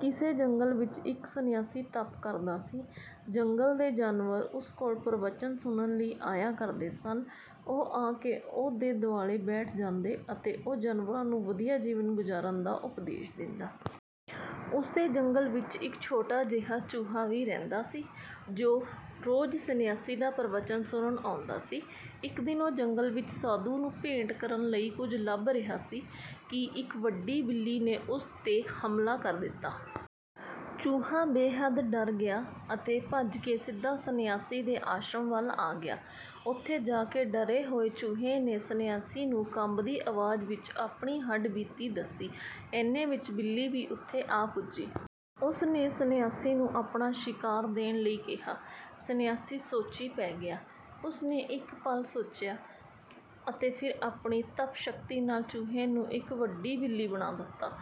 ਕਿਸੇ ਜੰਗਲ ਵਿੱਚ ਇੱਕ ਸੰਨਿਆਸੀ ਤਪ ਕਰਦਾ ਸੀ। ਜੰਗਲ ਦੇ ਜਾਨਵਰ ਉਸ ਕੋਲ ਪ੍ਰਵਚਨ ਸੁਣਨ ਲਈ ਆਇਆ ਕਰਦੇ ਸਨ। ਉਹ ਆ ਕੇ ਉਸ ਦੇ ਆਲੇ-ਦੁਆਲੇ ਬੈਠ ਜਾਂਦੇ ਅਤੇ ਉਹ ਜਾਨਵਰਾਂ ਨੂੰ ਵਧੀਆ ਜੀਵਨ ਗੁਜ਼ਾਰਨ ਦਾ ਉਪਦੇਸ਼ ਦਿੰਦਾ। ਉਸੇ ਜੰਗਲ ਵਿੱਚ ਇੱਕ ਛੋਟਾ ਜਿਹਾ ਚੂਹਾ ਵੀ ਰਹਿੰਦਾ ਸੀ, ਜੋ ਰੋਜ਼ ਸੰਨਿਆਸੀ ਦਾ ਪ੍ਰਵਚਨ ਸੁਣਨ ਆਉਂਦਾ ਸੀ। ਇੱਕ ਦਿਨ ਉਹ ਜੰਗਲ ਵਿੱਚ ਸਾਧੂ ਨੂੰ ਭੇਂਟ ਕਰਨ ਲਈ ਕੁਝ ਲੱਭ ਰਿਹਾ ਸੀ ਕਿ ਇੱਕ ਵੱਡੀ ਬਿੱਲੀ ਨੇ ਉਸ 'ਤੇ ਹਮਲਾ ਕਰ ਦਿੱਤਾ। ਚੂਹਾ ਬੇਹੱਦ ਡਰ ਗਿਆ ਅਤੇ ਭੱਜ ਕੇ ਸਿੱਧਾ ਸੰਨਿਆਸੀ ਦੇ ਆਸ਼ਰਮ ਵੱਲ ਆ ਗਿਆ। ਉੱਥੇ ਜਾ ਕੇ ਡਰੇ ਹੋਏ ਚੂਹੇ ਨੇ ਸੰਨਿਆਸੀ ਨੂੰ ਕੰਬਦੀ ਆਵਾਜ਼ ਵਿੱਚ ਆਪਣੀ ਹੱਡ-ਬੀਤੀ ਦੱਸੀ। ਇੰਨੇ ਵਿੱਚ ਬਿੱਲੀ ਵੀ ਉੱਥੇ ਆ ਪੁੱਜੀ। ਉਸ ਨੇ ਸੰਨਿਆਸੀ ਨੂੰ ਆਪਣਾ ਸ਼ਿਕਾਰ ਦੇਣ ਲਈ ਕਿਹਾ। ਸੰਨਿਆਸੀ ਸੋਚੀ ਪੈ ਗਿਆ। ਉਸ ਨੇ ਇੱਕ ਪਲ ਸੋਚਿਆ ਅਤੇ ਫਿਰ ਆਪਣੀ ਤਪ-ਸ਼ਕਤੀ ਨਾਲ ਚੂਹੇ ਨੂੰ ਇੱਕ ਵੱਡੀ ਬਿੱਲੀ ਬਣਾ ਦਿੱਤਾ।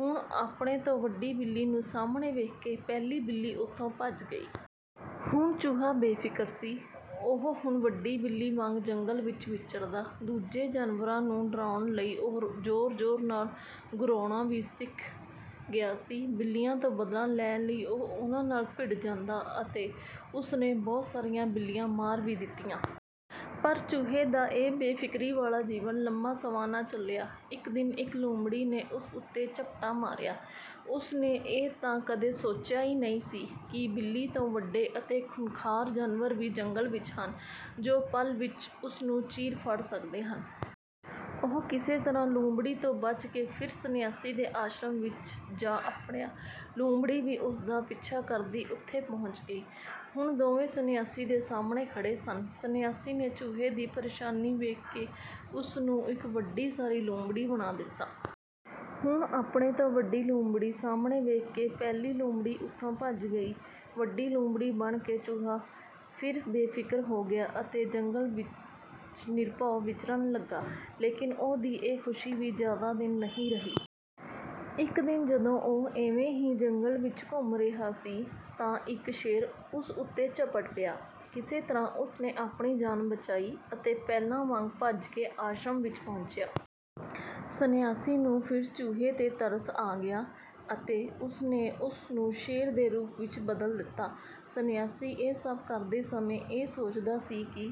ਹੁਣ ਆਪਣੇ ਤੋਂ ਵੱਡੀ ਬਿੱਲੀ ਨੂੰ ਸਾਹਮਣੇ ਵੇਖ ਕੇ ਪਹਿਲੀ ਬਿੱਲੀ ਉੱਥੋਂ ਭੱਜ ਗਈ। ਹੁਣ ਚੂਹਾ ਬੇਫ਼ਿਕਰ ਸੀ। ਉਹ ਹੁਣ ਵੱਡੀ ਬਿੱਲੀ ਵਾਂਗ ਜੰਗਲ ਵਿੱਚ ਵਿਚਰਦਾ। ਦੂਜੇ ਜਾਨਵਰਾਂ ਨੂੰ ਡਰਾਉਣ ਲਈ ਉਹ ਜ਼ੋਰ-ਜ਼ੋਰ ਨਾਲ ਗੁਰਰਾਉਣਾ ਵੀ ਸਿੱਖ ਗਿਆ ਸੀ। ਬਿੱਲੀਆਂ ਤੋਂ ਬਦਲਾ ਲੈਣ ਲਈ ਉਹ ਉਹਨਾਂ ਨਾਲ ਭਿੜ ਜਾਂਦਾ ਅਤੇ ਉਸ ਨੇ ਬਹੁਤ ਸਾਰੀਆਂ ਬਿੱਲੀਆਂ ਮਾਰ ਵੀ ਦਿੱਤੀਆਂ। ਪਰ ਚੂਹੇ ਦਾ ਇਹ ਬੇਫ਼ਿਕਰੀ ਵਾਲਾ ਜੀਵਨ ਲੰਮਾ ਸਮਾਂ ਨਾ ਚੱਲਿਆ। ਇੱਕ ਦਿਨ ਇੱਕ ਲੂੰਬੜੀ ਨੇ ਉਸ 'ਤੇ ਝਪਟਾ ਮਾਰਿਆ। ਉਸ ਨੇ ਇਹ ਤਾਂ ਕਦੇ ਸੋਚਿਆ ਹੀ ਨਹੀਂ ਸੀ ਕਿ ਬਿੱਲੀ ਤੋਂ ਵੱਡੇ ਅਤੇ ਖੁੰਖਾਰ ਜਾਨਵਰ ਵੀ ਜੰਗਲ ਵਿੱਚ ਹਨ, ਜੋ ਪਲ ਵਿੱਚ ਉਸ ਨੂੰ ਚੀਰ-ਫਾੜ ਸਕਦੇ ਹਨ। ਉਹ ਕਿਸੇ ਤਰ੍ਹਾਂ ਲੂੰਬੜੀ ਤੋਂ ਬਚ ਕੇ ਫਿਰ ਸੰਨਿਆਸੀ ਦੇ ਆਸ਼ਰਮ ਵਿੱਚ ਜਾ ਅੱਪੜਿਆ। ਲੂੰਬੜੀ ਵੀ ਉਸ ਦਾ ਪਿੱਛਾ ਕਰਦੀ ਉੱਥੇ ਪਹੁੰਚ ਗਈ। ਹੁਣ ਦੋਵੇਂ ਸੰਨਿਆਸੀ ਦੇ ਸਾਹਮਣੇ ਖੜ੍ਹੇ ਸਨ। ਸੰਨਿਆਸੀ ਨੇ ਚੂਹੇ ਦੀ ਪਰੇਸ਼ਾਨੀ ਵੇਖ ਕੇ ਉਸ ਨੂੰ ਇੱਕ ਵੱਡੀ ਸਾਰੀ ਲੂੰਬੜੀ ਬਣਾ ਦਿੱਤਾ। ਹੁਣ ਆਪਣੇ ਤੋਂ ਵੱਡੀ ਲੂੰਬੜੀ ਸਾਹਮਣੇ ਵੇਖ ਕੇ ਪਹਿਲੀ ਲੂੰਬੜੀ ਉੱਥੋਂ ਭੱਜ ਗਈ। ਵੱਡੀ ਲੂੰਬੜੀ ਬਣ ਕੇ ਚੂਹਾ ਫਿਰ ਬੇਫ਼ਿਕਰ ਹੋ ਗਿਆ ਅਤੇ ਜੰਗਲ ਵਿੱਚ ਨਿਰਭਉ ਵਿਚਰਨ ਲੱਗਾ। ਲੇਕਿਨ ਉਹ ਦੀ ਇਹ ਖ਼ੁਸ਼ੀ ਵੀ ਜ਼ਿਆਦਾ ਦਿਨ ਨਹੀਂ ਰਹੀ। ਇੱਕ ਦਿਨ ਜਦੋਂ ਉਹ ਇਵੇਂ ਹੀ ਜੰਗਲ ਵਿੱਚ ਘੁੰਮ ਰਿਹਾ ਸੀ ਤਾਂ ਇੱਕ ਸ਼ੇਰ ਉਸ 'ਤੇ ਝਪਟ ਪਿਆ। ਕਿਸੇ ਤਰ੍ਹਾਂ ਉਸ ਨੇ ਆਪਣੀ ਜਾਨ ਬਚਾਈ ਅਤੇ ਪਹਿਲਾਂ ਵਾਂਗ ਭੱਜ ਕੇ ਆਸ਼ਰਮ ਵਿੱਚ ਪਹੁੰਚਿਆ। ਸੰਨਿਆਸੀ ਨੂੰ ਫਿਰ ਚੂਹੇ 'ਤੇ ਤਰਸ ਆ ਗਿਆ ਅਤੇ ਉਸ ਨੇ ਉਸ ਨੂੰ ਸ਼ੇਰ ਦੇ ਰੂਪ ਵਿੱਚ ਬਦਲ ਦਿੱਤਾ। ਸੰਨਿਆਸੀ ਇਹ ਸਭ ਕਰਦੇ ਸਮੇਂ ਇਹ ਸੋਚਦਾ ਸੀ ਕਿ